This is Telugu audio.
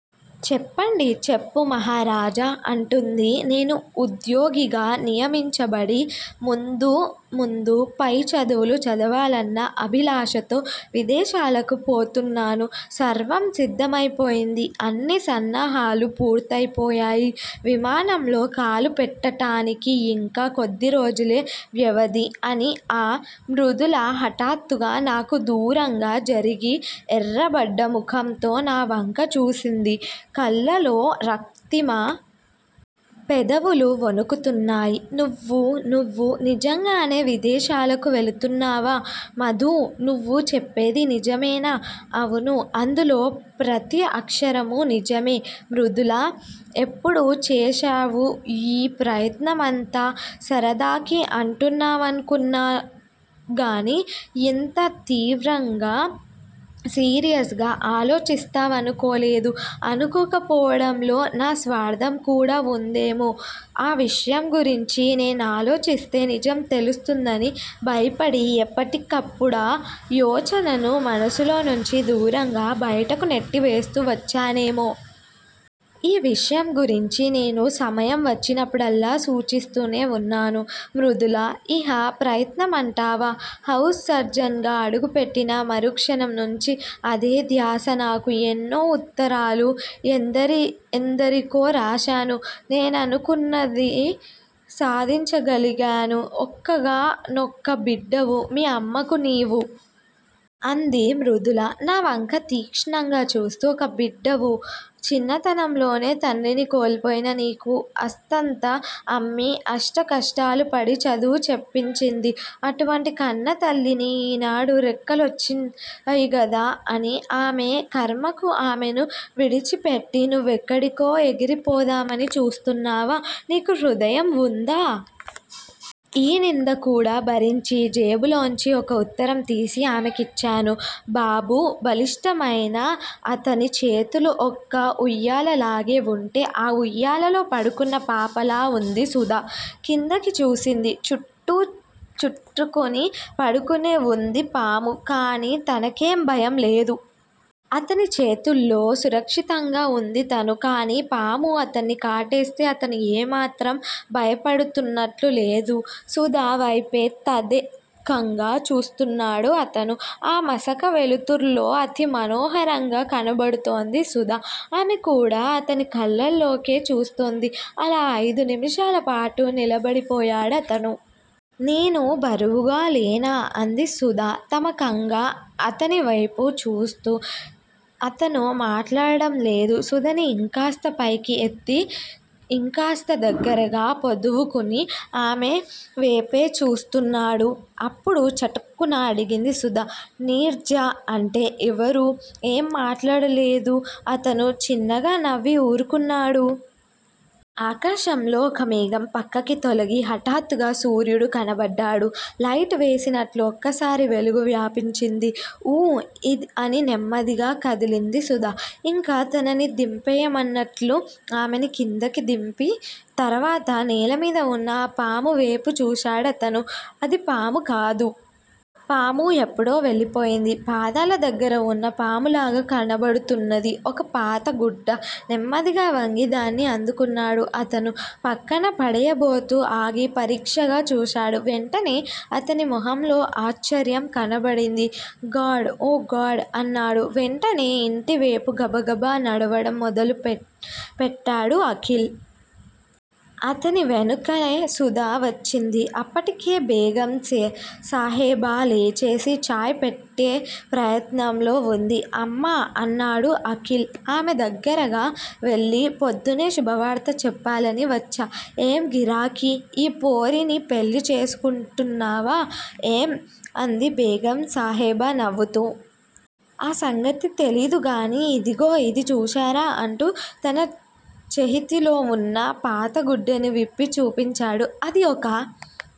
చెప్పండి. చెప్పు మహారాజా' అంటుంది నేను ఉద్యోగిగా నియమించబడి, ముందు ముందు పై చదువులు చదవాలన్న అభిలాషతో విదేశాలకు పోతున్నాను. సర్వం సిద్ధమైపోయింది. అన్ని సన్నాహాలూ పూర్తయిపోయాయి. విమానంలో కాలు పెట్టటానికి యింకా కొద్ది రోజులే వ్యవధి అని ఆ! మృదుల హఠాత్తుగా నాకు దూరంగా జరిగి ఎర్రబడ్డ ముఖంతో నా వంక చూసింది, కళ్ళలో రక్తిమ. పెదవులు వొణుకుతున్నాయి. నువ్వు నువ్వు నిజంగానే విదేశాలకు వెళుతున్నావా మధూ! నువ్వు చెప్పేది నిజమేనా? అవును. అందులో ప్రతి అక్షరమూ నిజమే మృదులా! ఎప్పుడు చేశావు యీ ప్రయత్నమంతా? సరదాకి అంటున్నావనుకున్నాగాని యింత తీవ్రంగా, సీరియస్ గా ఆలోచిస్తావనుకోలేదు. అనుకోక పోవడంలో నా స్వార్ధంకూడా వుందేమో! ఆ విషయం గురించి నేనాలోచిస్తే నిజం తెలుస్తుందని, భయపడి ఎప్పటి కప్పుడా యోచనను మనసులో నుంచి దూరంగా బయటకు నెట్టివేస్తూ వచ్చానేమో! ఈ విషయం గురించి నేను సమయం వచ్చినప్పుడల్లా సూచిస్తూనే వున్నాను మృదులా! ఇహ ప్రయత్నమంటావా? హౌస్ సర్జన్ గా అడుగు పెట్టిన మరుక్షణం నుంచి అదే ధ్యాస నాకు. ఎన్నో ఉత్తరాలు, ఎందరెందరికో రాశాను. నేననుకున్నది సాధించగలిగాను. ఒక్కగా నొక్క బిడ్డవు మీ అమ్మకు నీవు. అంది మృదుల నా వంక తీక్షణంగా చూస్తూ. ఒక్క బిడ్డవు. చిన్నతనంలోనే తండ్రిని కోల్పోయిన నీకు ఆస్తంతా అమ్మి అష్టకష్టాలు పడి చదువు చెప్పించింది. అటువంటి కన్నతల్లిని ఈనాడు రెక్క లొచ్చాయిగదా అని ఆమె కర్మకు ఆమెను విడిచిపెట్టి నువ్వెక్కడికో ఎగిరిపోదామని చూస్తున్నావా? నీకు హృదయం వుందా? ఈ నింద కూడా భరించి జేబులోంచి ఒక ఉత్తరం తీసి ఆమెకిచ్చాను. బాబూ! బలిష్టమైన అతని చేతులు ఒక ఉయ్యాలలాగే వుంటే ఆ ఉయ్యాలలో పడుకున్న పాపలా వుంది సుధ. కిందకి చూసింది. చుట్ట చుట్టుకుని పడుకునే వుంది పాము. కానీ తనకేం భయం లేదు. అతని చేతుల్లో సురక్షితంగా ఉంది తను. కానీ పాము అతన్ని కాటేస్తే అతను ఏమాత్రం భయపడుతున్నట్లు లేదు. సుధ వైపే తదేకంగా చూస్తున్నాడు అతను. ఆ మసక వెలుతుర్లో అతి మనోహరంగా కనబడుతోంది సుధ. ఆమె కూడా అతని కళ్ళల్లోకే చూస్తోంది. అలా అయిదు నిమిషాలపాటు నిలబడిపోయాడు అతను. నేను బరువుగా లేనా? అంది సుధ తమకంగా అతని వేపు చూస్తూ. అతను మాట్లాడడం లేదు. సుధని ఇంకాస్త పైకి ఎత్తి ఇంకాస్త దగ్గరగా పొదువుకుని ఆమె వేపే చూస్తున్నాడు. అప్పుడు చటుక్కున అడిగింది సుధ. నీర్జా అంటే ఎవరు? ఏం మాట్లాడలేదు అతను. చిన్నగా నవ్వి ఊరుకున్నాడు. ఆకాశంలో ఒక మేఘం పక్కకి తొలగి హఠాత్తుగా సూర్యుడు కనబడ్డాడు. లైట్ వేసినట్లు ఒక్కసారి వెలుగు వ్యాపించింది. ఊ అని నెమ్మదిగా కదిలింది సుధ. ఇంక తనని దింపెయ్యమన్నట్లు. ఆమెని కిందకి దింపి తరువాత నేలమీద వున్న ఆ 'పాము' వేపు చూశాడు అతను. అది పాము కాదు. పాము ఎప్పుడో వెళ్ళిపోయింది. పాదాల దగ్గర వున్న పాములాగా కనబడుతున్నది ఒక పాత గుడ్డ. నెమ్మదిగా వంగి దాన్ని అందుకున్నాడు అతను. పక్కన పడేయబోతూ ఆగి పరీక్షగా చూశాడు. వెంటనే అతని మొహంలో ఆశ్చర్యం కనబడింది. God oh God! అన్నాడు. వెంటనే ఇంటివేపు గబగబా నడవడం మొదలు పెట్టాడు అఖిల్. అతని వెనుకే సుధ వచ్చింది. అప్పటికే బేగం సాహెబా లేచేసి చాయ్ పెట్టే ప్రయత్నంలో వుంది. అమ్మా అన్నాడు అఖిల్ ఆమె దగ్గరగా వెళ్ళి. పొద్దునే శుభవార్త చెప్పాలని వచ్చా! ఏం గిరాకీ! ఈ పోరిని పెళ్ళి చేసుకుంటున్నావా ఏం? అంది బేగం సాహెబా నవ్వుతూ. ఆ సంగతి తెలీదుగానీ ఇదిగో ఇది చూశారా? అంటూ తన చేహ్తిలో వున్న పాతగుడ్డని విప్పి చూపించాడు. అది ఒక